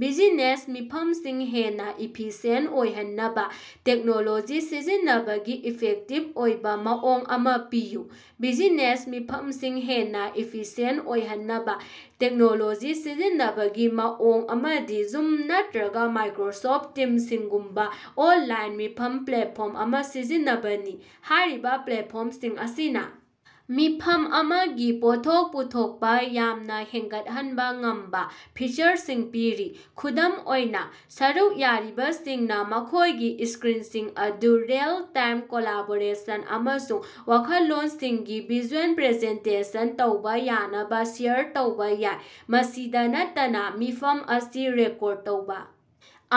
Business ꯃꯤꯐꯝꯁꯤꯡ ꯍꯦꯟꯅꯥ efficient ꯑꯣꯏꯍꯟꯅꯕ ꯇꯦꯛꯅꯣꯂꯣꯖꯤ ꯁꯤꯖꯤꯟꯅꯕꯒꯤ ꯏꯐꯦꯛꯇꯤꯚ ꯑꯣꯏꯕꯥ ꯃꯑꯣꯡ ꯑꯃꯥ ꯄꯤꯌꯨ꯫ ꯕꯤꯖꯤꯅꯦꯁ ꯃꯤꯐꯝꯁꯤꯡ ꯍꯦꯟꯅꯥ ꯏꯐꯤꯁꯤꯌꯦꯟꯇ ꯑꯣꯏꯍꯟꯅꯕ ꯇꯦꯛꯅꯣꯂꯣꯖꯤ ꯁꯤꯖꯤꯟꯅꯕꯒꯤ ꯃꯑꯣꯡ ꯑꯃꯗꯤ ꯖꯨꯝ ꯅꯠꯇꯔꯒꯥ ꯃꯥꯏꯀꯔꯣꯁꯣꯐ ꯇꯤꯝꯁꯤꯡꯒꯨꯝꯕꯥ ꯑꯣꯟꯂꯥꯏꯟ ꯃꯤꯐꯝ ꯄ꯭ꯂꯦꯠꯐꯣꯔꯝ ꯑꯃꯥ ꯁꯤꯖꯤꯟꯅꯕꯅꯤ꯫ ꯍꯥꯏꯔꯤꯕꯥ ꯄ꯭ꯂꯦꯠꯐꯣꯔꯝꯁꯤꯡ ꯑꯁꯤꯅ ꯃꯤꯐꯝ ꯑꯃꯒꯤ ꯄꯣꯠꯊꯣꯛ ꯄꯨꯊꯣꯛꯄꯥ ꯌꯥꯝꯅꯥ ꯍꯦꯟꯒꯠꯍꯟꯕꯥ ꯉꯝꯕꯥ ꯐꯤꯆꯔꯁꯤꯡ ꯄꯤꯔꯤ꯫ ꯈꯨꯗꯝ ꯑꯣꯏꯅꯥ, ꯁꯔꯨꯛ ꯌꯥꯔꯤꯕꯁꯤꯡꯅꯥ ꯃꯈꯣꯏꯒꯤ ꯁ꯭ꯀꯔꯤꯟꯁꯤꯡ ꯑꯗꯨ ꯔꯤꯑꯦꯜ-ꯇꯥꯏꯝ ꯀꯣꯂꯥꯕꯣꯔꯦꯁꯟ ꯑꯃꯁꯨꯡ ꯋꯥꯈꯜꯂꯣꯟꯁꯤꯡꯒꯤ ꯚꯤꯖꯨꯑꯦꯜ ꯄ꯭ꯔꯖꯦꯟꯇꯦꯁꯟ ꯇꯧꯕꯥ ꯌꯥꯅꯕ ꯁꯦꯌꯔ ꯇꯧꯕꯥ ꯌꯥꯏ꯫ ꯃꯁꯤꯗꯥ ꯅꯠꯇꯅ ꯃꯤꯐꯝ ꯑꯁꯤ ꯔꯦꯀꯣꯔꯗ ꯇꯧꯕꯥ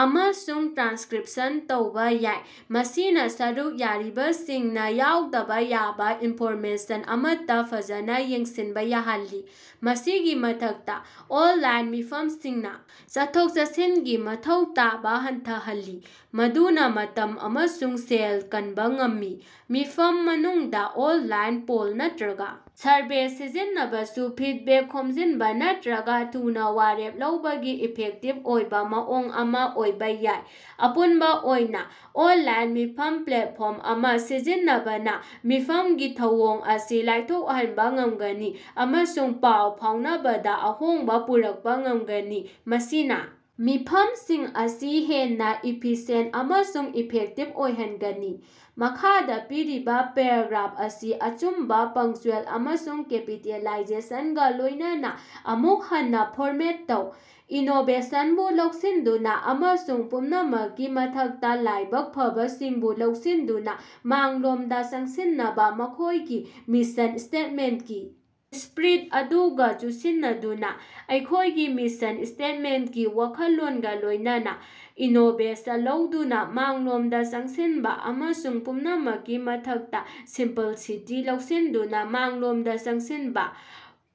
ꯑꯃꯁꯨꯡ ꯇ꯭ꯔꯥꯟꯁꯀꯔꯤꯞꯁꯟ ꯇꯧꯕꯥ ꯌꯥꯏ, ꯃꯁꯤꯅꯥ ꯁꯔꯨꯛ ꯌꯥꯔꯤꯕꯁꯤꯡꯅꯥ ꯌꯥꯎꯗꯕꯥ ꯌꯥꯕꯥ ꯏꯟꯐꯣꯔꯃꯦꯁꯟ ꯑꯃꯠꯇꯥ ꯐꯖꯅꯥ ꯌꯦꯡꯁꯤꯟꯕꯥ ꯌꯥꯍꯜꯂꯤ꯫ ꯃꯁꯤꯒꯤ ꯃꯊꯛꯇꯥ, ꯑꯣꯟꯂꯥꯏꯟ ꯃꯤꯐꯝꯁꯤꯡꯅꯥ ꯆꯠꯊꯣꯛ-ꯆꯠꯁꯤꯟꯒꯤ ꯃꯊꯧ ꯇꯥꯕꯥ ꯍꯟꯊꯍꯜꯂꯤ, ꯃꯗꯨꯅꯥ ꯃꯇꯝ ꯑꯃꯁꯨꯡ ꯁꯦꯜ ꯀꯟꯕ ꯉꯝꯃꯤ꯫ ꯃꯤꯐꯝ ꯃꯅꯨꯡꯗ ꯑꯣꯟꯂꯥꯏꯟ ꯄꯣꯜ ꯅꯠꯇꯔꯒꯥ ꯁꯔꯚꯦ ꯁꯤꯖꯤꯟꯅꯕꯁꯨ ꯐꯤꯗꯕꯦꯛ ꯈꯣꯝꯖꯤꯟꯕꯥ ꯅꯠꯇꯔꯒ ꯊꯨꯅꯥ ꯋꯥꯔꯦꯞ ꯂꯧꯕꯒꯤ ꯏꯐꯦꯛꯇꯤꯕ ꯑꯣꯏꯕꯥ ꯃꯑꯣꯡ ꯑꯃꯥ ꯑꯣꯏꯕꯥ ꯌꯥꯏ꯫ ꯑꯄꯨꯟꯕ ꯑꯣꯏꯅꯥ, ꯑꯣꯟꯂꯥꯏꯟ ꯃꯤꯐꯝ ꯄ꯭ꯂꯦꯠꯐꯣꯔꯝ ꯑꯃꯥ ꯁꯤꯖꯤꯟꯅꯕꯅ ꯃꯤꯐꯝꯒꯤ ꯊꯧꯑꯣꯡ ꯑꯁꯤ ꯂꯥꯏꯊꯣꯛꯍꯟꯕꯥ ꯉꯝꯒꯅꯤ ꯑꯃꯁꯨꯡ ꯄꯥꯎ ꯐꯥꯎꯅꯕꯗꯥ ꯑꯍꯣꯡꯕ ꯄꯨꯔꯛꯄꯥ ꯉꯝꯒꯅꯤ, ꯃꯁꯤꯅꯥ ꯃꯤꯐꯝꯁꯤꯡ ꯑꯁꯤ ꯍꯦꯟꯅꯥ ꯏꯐꯤꯁꯤꯌꯦꯟꯇ ꯑꯃꯁꯨꯡ ꯏꯐꯦꯛꯇꯤꯕ ꯑꯣꯏꯍꯟꯒꯅꯤ꯫ ꯃꯈꯥꯗꯥ ꯄꯤꯔꯤꯕꯥ ꯄꯦꯔꯥꯒ꯭ꯔꯥꯐ ꯑꯁꯤ ꯑꯆꯨꯝꯕ ꯄꯪꯆ꯭ꯌꯨꯑꯦꯜ ꯑꯃꯁꯨꯡ ꯀꯦꯄꯤꯇꯦꯂꯥꯏꯖꯦꯁꯟꯒꯥ ꯂꯣꯏꯅꯅꯥ ꯑꯃꯨꯛ ꯍꯟꯅꯥ ꯐꯣꯔꯃꯦꯠ ꯇꯧ꯫ ꯏꯅꯣꯕꯦꯁꯟꯕꯨ ꯂꯧꯁꯤꯟꯗꯨꯅꯥ ꯑꯃꯁꯨꯡ ꯄꯨꯝꯅꯃꯛꯀꯤ ꯃꯊꯛꯇꯥ ꯂꯥꯏꯕꯛ ꯐꯕꯁꯤꯡꯕꯨ ꯂꯧꯁꯤꯟꯗꯨꯅꯥ ꯃꯥꯡꯂꯣꯝꯗꯥ ꯆꯪꯁꯤꯟꯅꯕꯥ ꯑꯩꯈꯣꯏꯒꯤ ꯃꯤꯁꯟ ꯁ꯭ꯇꯦꯠꯃꯦꯟꯇꯀꯤ ꯁ꯭ꯄꯤꯔꯤꯠ ꯑꯗꯨꯒꯥ ꯆꯨꯁꯤꯟꯅꯗꯨꯅꯥ꯫ ꯑꯩꯈꯣꯏꯒꯤ ꯃꯤꯁꯟ ꯁ꯭ꯇꯦꯠꯃꯦꯟꯠꯀꯤ ꯋꯥꯈꯜꯂꯣꯟꯒꯥ ꯂꯣꯏꯅꯅꯥ, ꯏꯅꯣꯕꯦꯁꯟ ꯂꯧꯗꯨꯅ ꯃꯥꯡꯂꯣꯝꯗ ꯆꯪꯁꯤꯟꯕ ꯑꯃꯁꯨꯡ ꯄꯨꯝꯅꯃꯛꯀꯤ ꯃꯊꯛꯇꯥ ꯁꯤꯝꯄꯜꯁꯤꯇꯤ ꯂꯧꯁꯤꯟꯗꯨꯅ ꯃꯥꯡꯂꯣꯝꯗ ꯆꯪꯁꯤꯟꯕ꯫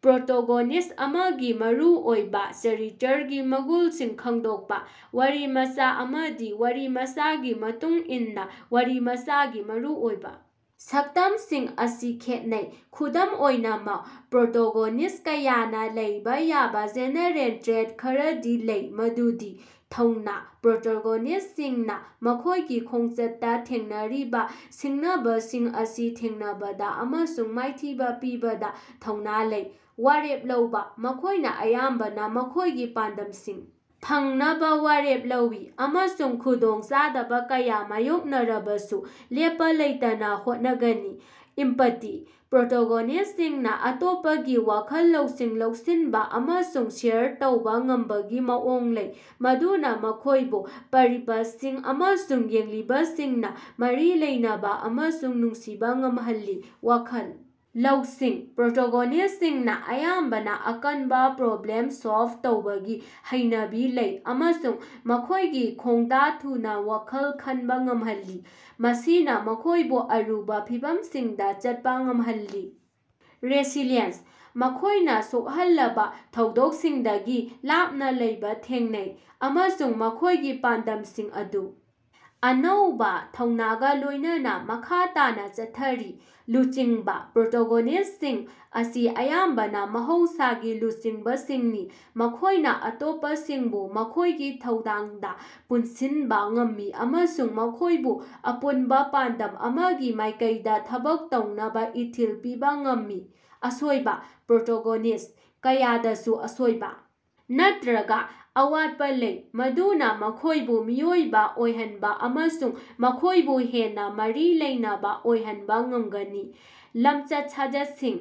ꯄ꯭ꯔꯣꯇꯣꯒꯣꯅꯤꯁ꯭ꯠ ꯑꯃꯒꯤ ꯃꯔꯨꯑꯣꯏꯕꯥ ꯆꯔꯤꯇꯔꯒꯤ ꯃꯒꯨꯟꯁꯤꯡ ꯈꯪꯗꯣꯛꯄꯥ꯫ ꯋꯥꯔꯤꯃꯆꯥ ꯑꯃꯗꯤ ꯋꯥꯔꯤꯃꯆꯥꯒꯤ ꯃꯇꯨꯡ ꯏꯟꯅꯥ ꯋꯥꯔꯤꯃꯆꯥꯒꯤ ꯃꯔꯨ ꯑꯣꯏꯕꯥ ꯁꯛꯇꯝꯁꯤꯡ ꯑꯁꯤ ꯈꯦꯠꯅꯩ꯫ ꯑꯗꯨꯝ ꯑꯣꯏꯅꯃꯛ, ꯄ꯭ꯔꯣꯇꯣꯒꯣꯅꯤꯁ꯭ꯠ ꯀꯌꯥꯅꯥ ꯂꯩꯕꯥ ꯌꯥꯕꯥ ꯖꯦꯅꯦꯔꯦꯜ ꯇ꯭ꯔꯦꯠ ꯈꯔꯗꯤ ꯂꯩ ꯃꯗꯨꯗꯤ: ꯊꯧꯅꯥ: ꯄ꯭ꯔꯣꯇꯣꯒꯣꯅꯤꯁ꯭ꯇꯁꯤꯡꯅꯥ ꯃꯈꯣꯏꯒꯤ ꯈꯣꯡꯆꯠꯇꯥ ꯊꯦꯡꯅꯔꯤꯕꯥ ꯁꯤꯡꯅꯕꯁꯤꯡ ꯑꯁꯤ ꯊꯦꯡꯅꯕꯗꯥ ꯑꯃꯁꯨꯡ ꯃꯥꯏꯊꯤꯕꯥ ꯄꯤꯕꯗꯥ ꯊꯧꯅꯥ ꯂꯩ꯫ ꯋꯥꯔꯦꯞ ꯂꯧꯕꯥ: ꯃꯈꯣꯏꯅꯥ ꯑꯌꯥꯝꯕꯅ ꯃꯈꯣꯏꯒꯤ ꯄꯥꯟꯗꯝꯁꯤꯡ ꯐꯪꯅꯕꯥ ꯋꯥꯔꯦꯞ ꯂꯧꯏ ꯑꯃꯁꯨꯡ ꯈꯨꯗꯣꯡꯆꯥꯗꯕꯥ ꯀꯌꯥ ꯃꯥꯌꯣꯛꯅꯔꯕꯁꯨ ꯂꯦꯞꯄꯥ ꯂꯩꯇꯅꯥ ꯍꯣꯠꯅꯒꯅꯤ꯫ ꯏꯝꯄꯥꯇꯤ: ꯄ꯭ꯔꯣꯇꯣꯒꯣꯅꯤꯁ꯭ꯇꯁꯤꯡꯅꯥ ꯑꯇꯣꯞꯄꯒꯤ ꯋꯥꯈꯜ ꯂꯧꯁꯤꯡ ꯂꯧꯁꯤꯟꯕ ꯑꯃꯁꯨꯡ ꯁꯦꯌꯔ ꯇꯧꯕꯥ ꯉꯝꯕꯒꯤ ꯃꯑꯣꯡ ꯂꯩ, ꯃꯗꯨꯅꯥ ꯃꯈꯣꯏꯕꯨ ꯄꯥꯔꯤꯕꯁꯤꯡ ꯅꯠꯇꯔꯒ ꯌꯦꯡꯂꯤꯕꯁꯤꯡꯅ ꯃꯔꯤ ꯂꯩꯅꯕ ꯑꯃꯁꯨꯡ ꯅꯨꯡꯁꯤꯕꯥ ꯉꯝꯍꯜꯂꯤ꯫ ꯋꯥꯈꯜ ꯂꯧꯁꯤꯡ: ꯄ꯭ꯔꯣꯇꯣꯒꯣꯅꯤꯁ꯭ꯇꯁꯤꯡꯅ ꯑꯌꯥꯝꯕꯅ ꯑꯀꯟꯕꯥ ꯄ꯭ꯔꯣꯕ꯭ꯂꯦꯝ ꯁꯣꯜꯕ ꯇꯧꯕꯒꯤ ꯍꯩꯅꯕꯤ ꯂꯩ ꯑꯃꯁꯨꯡ ꯃꯈꯣꯏꯒꯤ ꯈꯣꯡꯗꯥ ꯊꯨꯅꯥ ꯋꯥꯈꯜ ꯈꯟꯕꯥ ꯉꯝꯍꯜꯂꯤ, ꯃꯁꯤꯅꯥ ꯃꯈꯣꯏꯕꯨ ꯑꯔꯨꯕꯥ ꯐꯤꯚꯝꯁꯤꯡꯗꯥ ꯆꯠꯄꯥ ꯉꯝꯍꯜꯂꯤ꯫ ꯔꯦꯁꯤꯂꯤꯌꯦꯟꯁ: ꯃꯈꯣꯏꯅꯥ ꯁꯣꯛꯍꯜꯂꯕꯥ ꯊꯧꯗꯣꯛꯁꯤꯡꯗꯒꯤ ꯂꯥꯞꯅꯥ ꯂꯩꯕꯥ ꯊꯦꯡꯅꯩ, ꯑꯃꯁꯨꯡ ꯃꯈꯣꯏꯒꯤ ꯄꯥꯟꯗꯝꯁꯤꯡ ꯑꯗꯨ ꯑꯅꯧꯕꯥ ꯊꯧꯅꯥꯒ ꯂꯣꯏꯅꯅꯥ ꯃꯈꯥ ꯇꯥꯅꯥ ꯆꯠꯊꯔꯤ꯫ ꯂꯨꯆꯤꯡꯕꯥ: ꯄ꯭ꯔꯣꯇꯣꯒꯣꯅꯤꯁ꯭ꯇꯁꯤꯡ ꯑꯁꯤ ꯑꯌꯥꯝꯕꯅꯥ ꯃꯍꯧꯁꯥꯒꯤ ꯂꯨꯆꯤꯡꯕꯁꯤꯡꯅꯤ, ꯃꯈꯣꯏꯅꯥ ꯑꯇꯣꯞꯄꯁꯤꯡꯕꯨ ꯃꯈꯣꯏꯒꯤ ꯊꯧꯗꯥꯡꯗ ꯄꯨꯟꯁꯤꯟꯕ ꯉꯝꯃꯤ ꯑꯃꯁꯨꯡ ꯃꯈꯣꯏꯕꯨ ꯑꯄꯨꯟꯕꯥ ꯄꯥꯟꯗꯝ ꯑꯃꯒꯤ ꯃꯥꯏꯀꯩꯗꯥ ꯊꯕꯛ ꯇꯧꯅꯕꯥ ꯏꯊꯤꯜ ꯄꯤꯕꯥ ꯉꯝꯃꯤ꯫ ꯑꯁꯣꯏꯕꯥ: ꯄ꯭ꯔꯣꯇꯣꯒꯣꯅꯤꯁ꯭ꯠ ꯀꯌꯥꯗꯁꯨ ꯑꯁꯣꯏꯕ ꯅꯠꯇꯔꯒꯥ ꯑꯋꯥꯠꯄꯥ ꯂꯩ ꯃꯗꯨꯅꯥ ꯃꯈꯣꯏꯕꯨ ꯃꯤꯑꯣꯏꯕ ꯑꯣꯏꯍꯟꯕ ꯑꯃꯁꯨꯡ ꯃꯈꯣꯏꯕꯨ ꯍꯦꯟꯅꯥ ꯃꯔꯤ ꯂꯩꯅꯕꯥ ꯑꯣꯏꯍꯟꯕꯥ ꯉꯝꯒꯅꯤ꯫ ꯂꯝꯆꯠ-ꯁꯥꯖꯠꯁꯤꯡ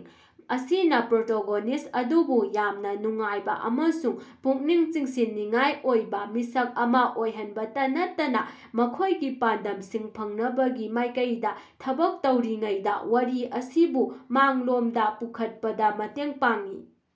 ꯑꯁꯤꯅꯥ ꯄ꯭ꯔꯣꯇꯣꯒꯣꯅꯤꯁ꯭ꯠ ꯑꯗꯨꯕꯨ ꯌꯥꯝꯅ ꯅꯨꯡꯉꯥꯏꯕꯥ ꯑꯃꯁꯨꯡ ꯄꯨꯛꯅꯤꯡ ꯆꯤꯡꯁꯤꯟꯅꯤꯡꯉꯥꯏ ꯑꯣꯏꯕꯥ ꯃꯤꯁꯛ ꯑꯃꯥ ꯑꯣꯏꯍꯟꯕꯇ ꯅꯠꯇꯅꯥ ꯃꯈꯣꯏꯒꯤ ꯄꯥꯟꯗꯝꯁꯤꯡ ꯐꯪꯅꯕꯒꯤ ꯃꯥꯏꯀꯩꯗꯥ ꯊꯕꯛ ꯇꯧꯔꯤꯉꯩꯗꯥ ꯋꯥꯔꯤ ꯑꯁꯤꯕꯨ ꯃꯥꯡꯂꯣꯝꯗꯥ ꯄꯨꯈꯠꯄꯗꯥ ꯃꯇꯦꯡ ꯄꯥꯡꯏ꯫